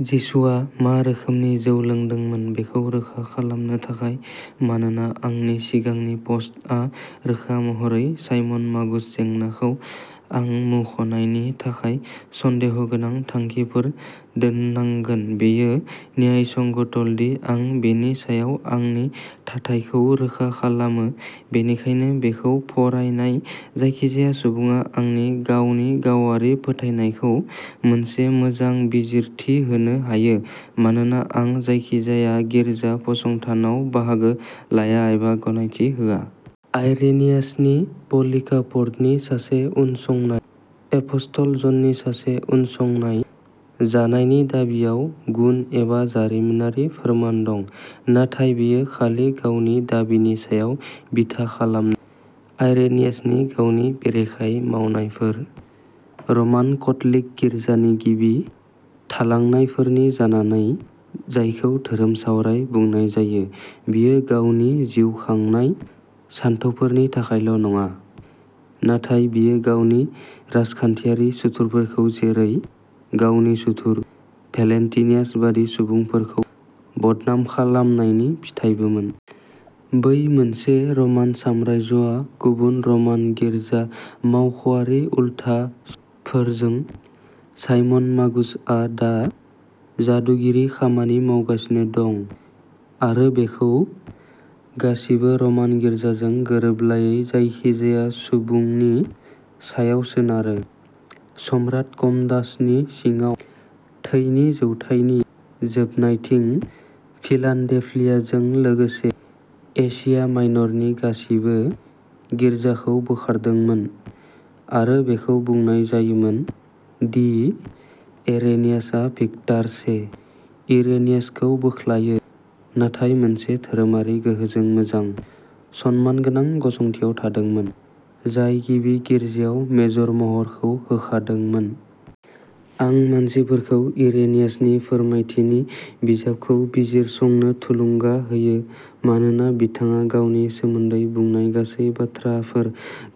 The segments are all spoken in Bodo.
जिसुआ मा रोखोमनि जौ लोंदोंमोन? बेखौ रोखा खालामनो थाखाय, मानोना आंनि सिगांनि पस्टआ रोखा महरै साइमन मागुस जेंनाखौ आं मुंख'नायनि थाखाय सन्देहगोनां थांखिफोर दोननांगोन बेयो न्यायसंगतल'दि आं बेनि सायाव आंनि थाथायखौ रोखा खालामो, बेनिखायनो बेखौ फरायनाय जायखिजाया सुबुङा आंनि गावनि गावारि फोथायनायखौ मोनसे मोजां बिजिरथि होनो हायो, मानोना आं जायखिजाया गिर्जा फसंथायाव बाहागो लाया एबा गनायथि होआ। आइरेनियासनि पलिकार्पनि सासे उनसंनाय, एपस्टल जननि सासे उनसंनाय जानायनि दाबिआव गुन एबा जारिमिनारि फोरमान दं, नाथाय बेयो खालि गावनि दाबिनि सायाव बिथा खालामनाय। आइरेनियासनि गावनि बेरेखायै मावनायफोर, रमान केथ'लिक गिर्जानि गिबि थालांनायफोरनि जानानै जायखौ "धोरोमसावराय" बुंनाय जायो, बियो गावनो जिउ खांनाय सानथौफोरनि थाखायल' नङा; नाथाय बियो गावनि राजखान्थियारि सुथुरफोरखौ जेरै- गावनि सुथुर, भेलेन्टिनियास बायदि सुबुंफोरखौ बदनाम खालामनायनि फिथायबोमोन। बै मोनसेनि रमान साम्रायजोआव गुबुन रमान गिर्जा मावख'आरिफोरनि उल्था सल'फोरजों, साइमन मागुसआ दा जादुगिरि खामानि मावगासिनो दं आरो बेखौ गासिबो र'मान गिर्जाजों गोरोबलायै जायखिजाया सुबुंनि सायाव सोनारो। सम्राट कम'डासनि सिङाव नैथि जौथाइनि जोबनायथिं, फिलाडेल्फियाजों लोगोसे एशिया माइनरनि गासिबो गिर्जाखौ बोखारदोंमोन, आरो बेखौ बुंनाय जायोमोन दि इरेनियासआ भिक्टर से, इरेनियासखौ "बोख्लायो", नाथाय मोनसे धोरोमारि गोहोजों मोजां, सनमानगोनां गसंथियाव थादोंमोन, जाय गिबि गिर्जायाव मेजर महरखौ होखारदोंमोन। आं मानसिफोरखौ इरेनियासनि फोरमायथिनि बिजाबखौ बिजिरसंनो थुलुंगा होयो, मानोना बिथाङा बेनि सोमोन्दै बुंनाय गासैबो बाथ्राफोर,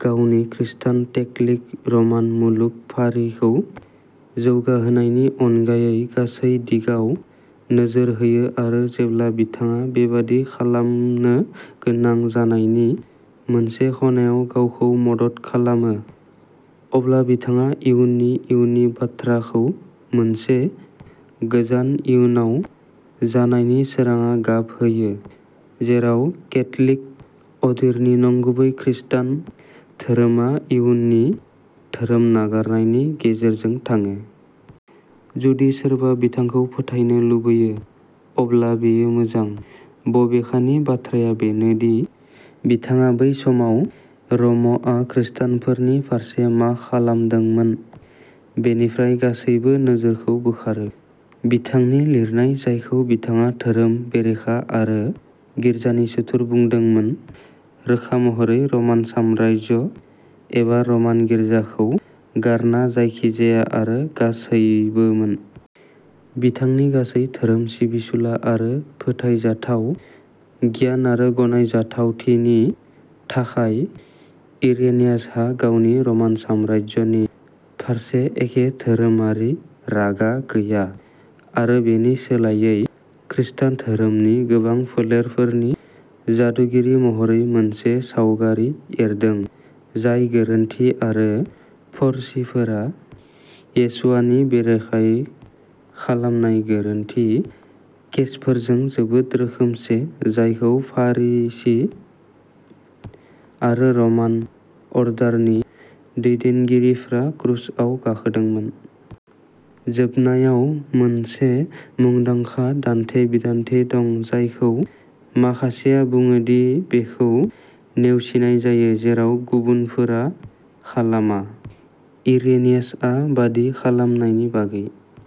गावनि "खृष्टान केथ'लिक र'मान मुलुग फारिखौ जौगाहोनाय" नि अनगायै गासैबो दिगाव नोजोर होयो आरो जेब्ला बिथाङा बेबादि खालामनो गोनां जानायनि मोनसे खनायाव गावखौ मदद खालामो, अब्ला बिथाङा इयुननि इयुननि बाथ्राफोरखौ मोनसे गोजान इयुनाव जानायनि सोरांङाव गाबहोयो, जेराव कैथलिक अर्डारनि नंगुबै खृस्टान धोरोमा इयुननि धोरोम नागारनायनि गेजेरजों थाङो। जुदि सोरबा बिथांखौ फोथायनो लुबैयो, अब्ला बेयो मोजां। बबेखानि, बाथ्राया बेनो दि, बिथाङा बै समाव र'मआ खृस्टानफोरनि फारसे मा खालामदोंमोन बेनिफ्राय गासैबो नोजोरखौ बोखारो। बिथांनि लिरनाया जायखौ बिथाङा धोरोम बेरेखा आरो गिर्जानि सुथुर बुंदोंमोन, रोखा महरै रमान साम्रायजो एबा रमान गिर्जाखौ गारना जायखिजाया आरो गासैबोमोन। बिथांनि गासैबो धोरोम सिबिसुला आरो फोथायजाथाव गियान आरो गनायजाथावथिनि थाखाय, इरेनियासहा गावनि रमान साम्रायजोनि फारसे एखे धोरोमारि रागा गैया आरो बेनि सोलायै, खृस्टान धोरोमनि गोबां फोलेरफोरनि "जादुगिरि" महरै मोनसे सावगारि एरदों जाय गोरोन्थि आरो फरिसीफोरा येशुवानि बेरेखायै खालामनाय गोरोन्थि केसफोरजों जोबोद रोखोमसे, जायखौ फारिसी आरो रमान अर्डारनि, दैदेनगिरिफोरा क्रुसाव गाखोदोंमोन। जोबनायाव, मोनसे मुंदांखा दान्थे-बिदान्थे दं जायखौ माखासेया बुङो दि बेखौ नेवसिनाय जायो जेराव गुबुनफोरा खालामा, इरेनियासआ दाबि खालामनायनि बागै।